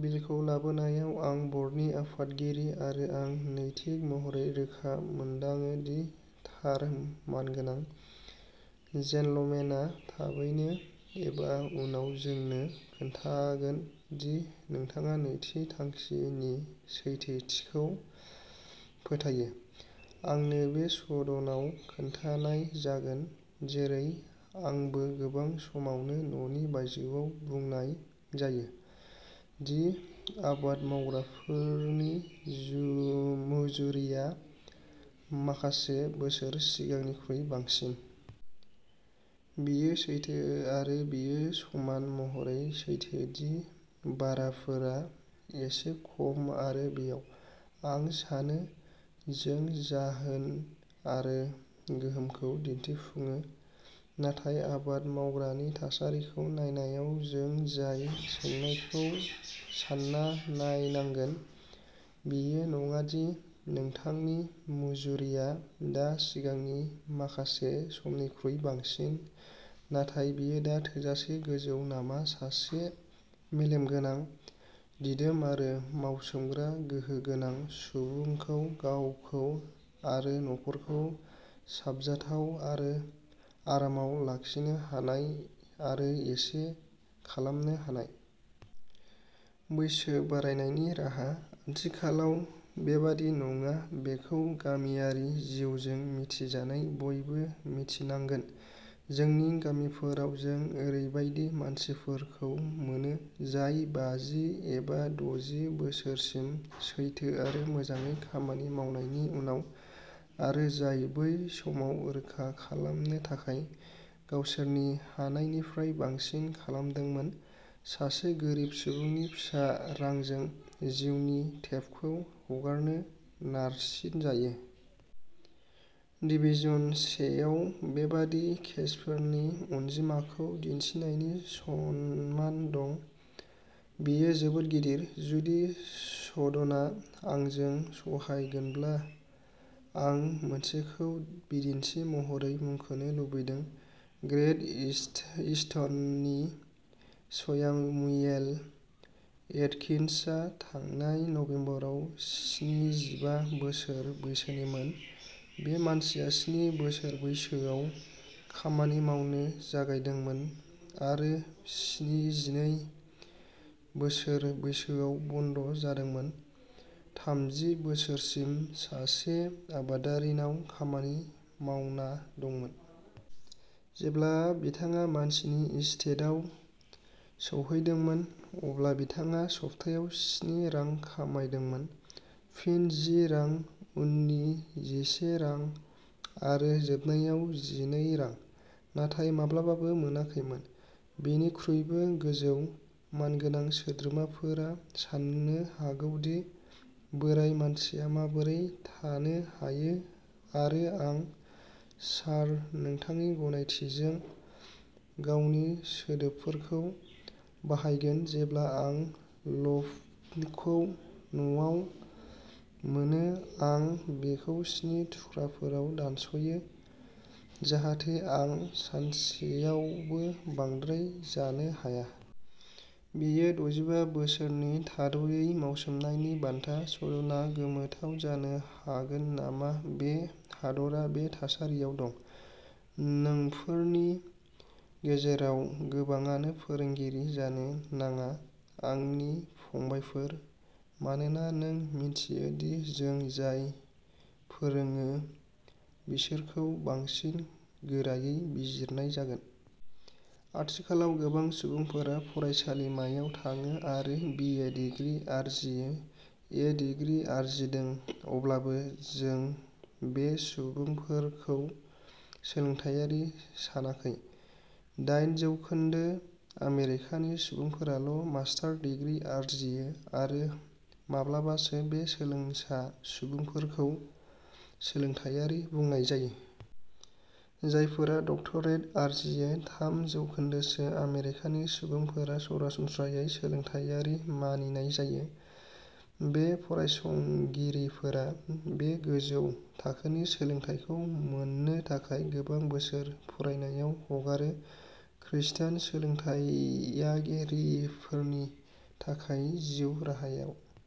बिलखौ लाबोनायआव आबाद बर्डनि आफादगिरि आरो आं नैतिक महरै रोखा मोनदाङो दि थार मानगोनां। जेन्टलमेन आ थाबैनो एबा उनाव जोंनो खोन्थागोन दि बिथाङा नैथि थांखि नि सैथोथिखौ फोथायो। आंनो बे सदन आव खोन्थानाय जागोन, जेरै आंनो गोबां समावनो न'नि बायजोआव बुंनाय जायो, दि आबाद मावग्राफोरनि मुजुरिया माखासे बोसोर सिगांनिख्रुइ बांसिन। बेयो सैथो आरो बेयो समान महरै सैथो दि भाराफोरा एसे खम आरो बेयाव, आं सानो, जों जाहोन आरो गोहोमखौ दिन्थिफुङो। नाथाय आबाद मावग्रा नि थासारिखौ नायनायाव जों जाय सोंनायखौ सान्ना नायनांगोन, बेयो नङा दि बिथांनि मुजुरिया दा सिगांनि माखासे समनिख्रुइ बांसिन, नाथाय बेयो दा थोजासे गोजौ नामा सासे मेलेमगोनां, दिदोम आरो मावसोमग्रा गोहो गोनां सुबुंखौ गावखौ आरो नखरखौ साबजाथाव आरो आरामाव लाखिनो हानाय आरो इसे खालामनो हानाय। बैसो बारायनायनि राहा। आथिखालाव बेबादि नङा बेखौ गामियारि जिउजों मिथिजानाय बयबो मिथिनांगोन। जोंनि गामिफोराव जों ओरैबायदि मानसिफोरखौ मोनो, जाय बाजि एबा दजि बोसोरसिम सैथो आरो मोजाङै खामानि मावनायनि उनाव आरो जाय बै समाव रैखा खालामनो थाखाय गावसोरनि हानायनिफ्राय बांसिन खालामदोंमोन, सासे गोरिब सुबुंनि फिसा रांजों जिउनि टेपखौ हगारनो नारसिनजायो। डिभिजन Iआव बेबादि केसफोरनि अनजिमाखौ दिन्थिनायनि सनमान दं, बेयो जोबोद गिदिर। जुदि सदनआ आंजों सहायगोनब्ला आं मोनसेखौ बिदिन्थि महरै मुंख'नो लुबैदों। ग्रेट ईस्टननि स्यामुएल एटकिन्सआ थांनाय नबेम्बराव स्निजिबा बोसोर बैसोनिमोन। बे मानसिया स्नि बोसोर बैसोआव खामानि मावनो जागायदोंमोन आरो स्निजिनै बोसोर बैसोआव बन्द' जादोंमोन, थामजि बोसोरसिम सासे आबादारिनाव खामानि मावना दंमोन। जेब्ला बिथाङा मानसिनि एस्टेटआव सौहैदोंमोन, अब्ला बिथाङा सप्तायाव स्नि रां खामायदोंमोन, फिन जि रां, उननि जिसे रां आरो जोबनायाव जिनै रां, नाथाय माब्लाबाबो मोनाखैमोन। बिनिख्रुइबो गोजौ। मानगोनां सोद्रोमाफोरा साननो हागौ दि बोराइ मानसिया माबोरै थानो हायो आरो आं, सार, नोंथांनि गनायथिजों, गावनि सोदोबफोरखौ बाहायगोन जेब्ला आं ल'फखौ न'आव मोनो आं बेखौ स्नि थुख्राफोराव दानस'यो, जाहाथे आं सानसेआवबो बांद्राय जानो हाया। बेयो दजिबा बोसोरनि थाद'यै मावसोमनायनि बान्था। सदनआ गोमोथाव जानो हागोन नामा बे हादरा बे थासारियाव दं। नोंफोरनि गेजेराव गोबांआनो फोरोंगिरि जानो नाङा, आंनि फंबायफोर, मानोना नों मिन्थियो दि जों जाय फोरोङो बिसोरखौ बांसिन गोरायै बिजिरनाय जागोन।। आथिखालाव गोबां सुबुंफोरा फरायसालिमायाव थाङो आरो बि ए डिग्रि आरजियो। ए डिग्री आरजिदों, अब्लाबो जों बे सुबुंफोरखौ सोलोंथाइआरि सानाखै। दाइन जौखोन्दो आमेरिकानि सुबुंफोराल' मास्टार डिग्री आरजियो आरो माब्लाबासो बे सोलोंसा सुबुंफोरखौ सोलोंथाइआरि बुंनाय जायो। जायफोरा डक्टरेट आरजियो, थाम जौखोन्दोसो आमेरिकानि सुबुंफोरा सरासनस्रायै सोलोंथाइआरि मानिनाय जायो। बे फरायसंगिरिफोरा बे गोजौ थाखोनि सोलोंथाइखौ मोननो थाखाय गोबां बोसोर फरायनायाव हगारो। खृष्टान सोलोंथाइआरिफोरनि थाखाय, जिउ राहायाव।